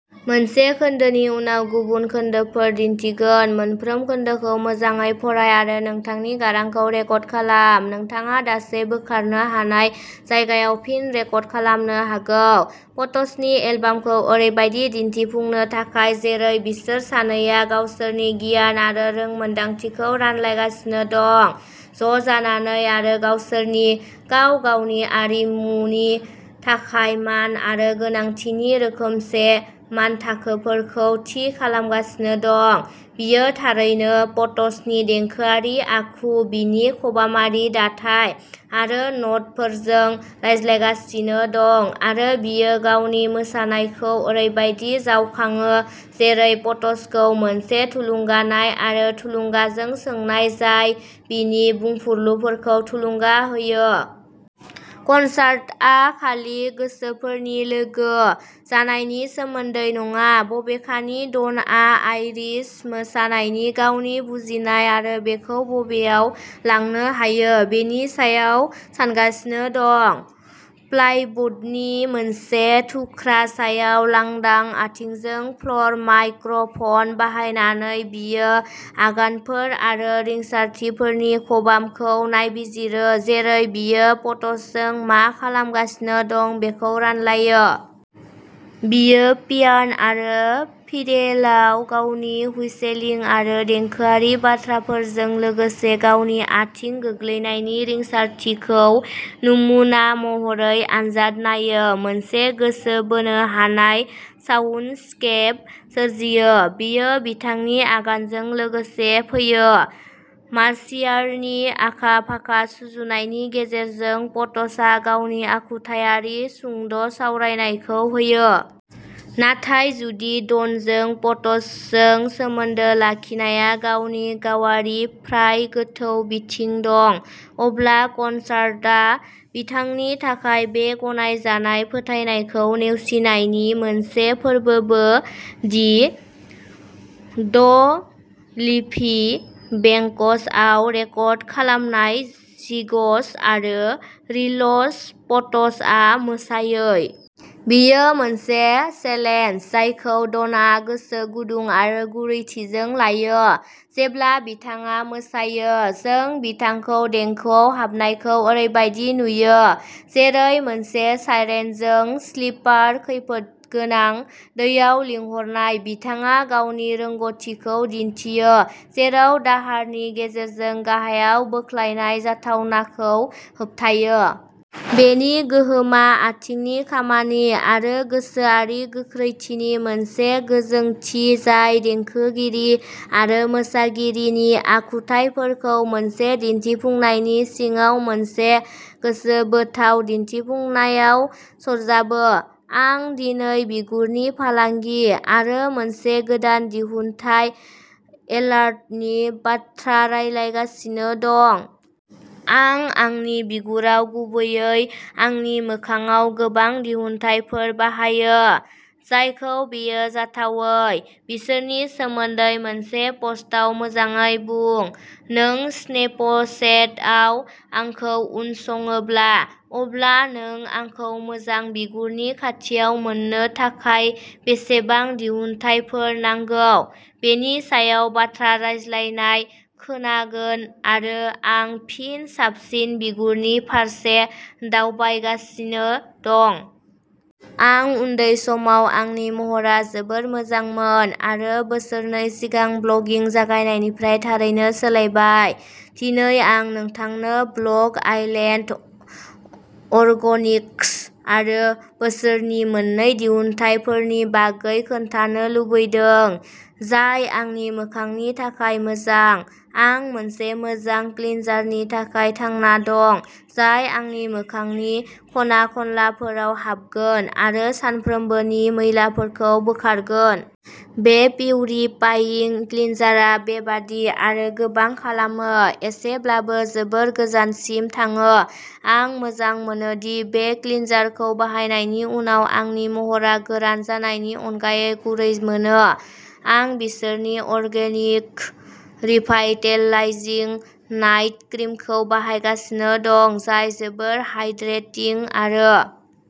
पट्सनि एलबामखौ ओरैबायदि दिन्थिफुंनो थाखाय जेरै बिसोर सानैया गावसोरनि गियान आरो रोंमोनदांथिखौ रानलायगासिनो दं, ज'जानानै आरो गावसोरनि गाव-गावनि आरिमुनि थाखाय मान आरो गोनांथिनि रोखोमसे मानथाखोफोरखौ थि खालामगासिनो दं। बियो थारैनो पट्सनि देंखोआरि आखु, बिनि खबामारि दाथाय आरो न'टफोरजों रायज्लायगासिनो दं, आरो बियो गावनि मोसानायखौ ओरैबायदि जावखाङो जेरै पट्सखौ मोनसे थुलुंगानाय आरो थुलुंगाजों सोंनाय, जाय बिनि बुंफुरलुफोरखौ थुलुंगा होयो। कनसार्टआ खालि गोसोफोरनि लोगो जानायनि सोमोन्दै नङा, बबेखानि; डनआ आइरिश मोसानायनि गावनि बुजिनाय आरो बेखौ बबेयाव लांनो हायो बेनि सायाव सानगासिनो दं। प्लाइवुडनि मोनसे थुख्रा सायाव लांदां आथिंजों फ्ल'र माइक्र'फन बाहायनानै बियो आगानफोर आरो रिंसारथिफोरनि खबामखौ नायबिजिरो जेरै बियो पट्सजों मा खालामगासिनो दं बेखौ रानलायो। बियो पियान'आरो फिडेलाव गावनि हुइसेलिं आरो देंखोआरि बाथ्राफोरजों लोगोसे गावनि आथिं गोग्लैनायनि रिंसारथिखौ नमुना महरै आनजाद नायो, मोनसे गोसो बोनो हानाय साउन्डस्केप सोरजियो। बेयो बिथांनि आगानजों लोगोसे फैयो। मार्सियारनि आखा-फाखा सुजुनायनि गेजेरजों, पट्सआ गावनि आखुथायारि सुंद'सावरायनायखौ होयो। नाथाय जुदि डनजों पट्सजों सोमोन्दो लाखिनाया गावनि गावारि, फ्राय गोथौ बिथिं दं, अब्ला कनसार्टआ बिथांनि थाखाय बे गनायजानाय फोथायनायखौ नेवसिनायनि मोनसे फोरबोबो दि द लिफी बेंक्सआव रेकर्ड खालामनाय जिग्स आरो रिल्स पट्सआ मोसायै। बेयो मोनसे चेलेन्ज जायखौ डनआ गोसो गुदुं आरो गुरैथिजों लायो। जेब्ला बिथाङा मोसायो, जों बिथांखौ देंखोआव हाबनायखौ ओरैबायदि नुयो जेरै मोनसे साइरेनजों स्लिपार, खैफोदगोनां दैयाव लिंहरनाय; बिथाङा गावनि रोंग'थिखौ दिन्थियो, जेराव दाहारनि गेजेरजों गाहायाव बोख्लायनाय जाथावनाखौ होबथायो। बेनि गोहोमा आथिंनि खामानि आरो गोसोआरि गोख्रैथिनि मोनसे गोजोंथि जाय देंखोगिरि आरो मोसागिरिनि आखुथाइफोरखौ मोनसे दिन्थिफुंनायनि सिङाव मोनसे गोसोबोथाव दिन्थिफुंनायाव सरजाबो। आं दिनै बिगुरनि फालांगि आरो मोनसे गोदान दिहुनथाय एलार्टनि बाथ्रा रायगासिनो दं। आं आंनि बिगुराव, गुबैयै आंनि मोखांआव गोबां दिहुनथायफोर बाहायो, जायखौ बेयो जाथावै। बिसोरनि सोमोन्दै मोनसे पस्टआव मोजाङै बुं। नों स्नेपचेटआव आंखौ उनसङोब्ला, अब्ला नों आंखौ मोजां बिगुरनि खाथियाव मोन्नो थाखाय बेसेबां दिहुनथायफोर नांगौ बेनि सायाव बाथ्रा रायज्लायनाय खोनागोन आरो, आं फिन साबसिन बिगुरनि फारसे दावबायगासिनो दं। आं उन्दै समाव आंनि महरा जोबोद मोजांमोन आरो बोसोरनै सिगां ब्लगिं जागायनायनिफ्राय थारैनो सोलायबाय। दिनै आं नोंथांनो ब्लक आइलेन्ड अर्गेनिक्स आरो बिसोरनि मोन्नै दिहुनथायफोरनि बागै खोन्थानो लुबैदों जाय आंनि मोखांनि थाखाय मोजां। आं मोनसे मोजां क्लिनजारनि थाखाय थांना दं जाय आंनि मोखांनि खना-खनलाफोराव हाबगोन आरो सानफ्रोमबोनि मैलाफोरखौ बोखारगोन। बे पिउरिफाइं क्लिनजारआ बेबादि आरो गोबां खालामो। एसेब्लाबो जोबोद गोजानसिम थाङो। आं मोजां मोनो दि बे क्लिनजारखौ बाहायनायनि उनाव आंनि महरा गोरान जानायनि अनगायै गुरै मोनो। आं बिसोरनि अर्गेनिक रिभाइटेलाइजिं नाइट क्रिमखौ बाहायगासिनो दं जाय जोबोद हाइड्रेटिं आरो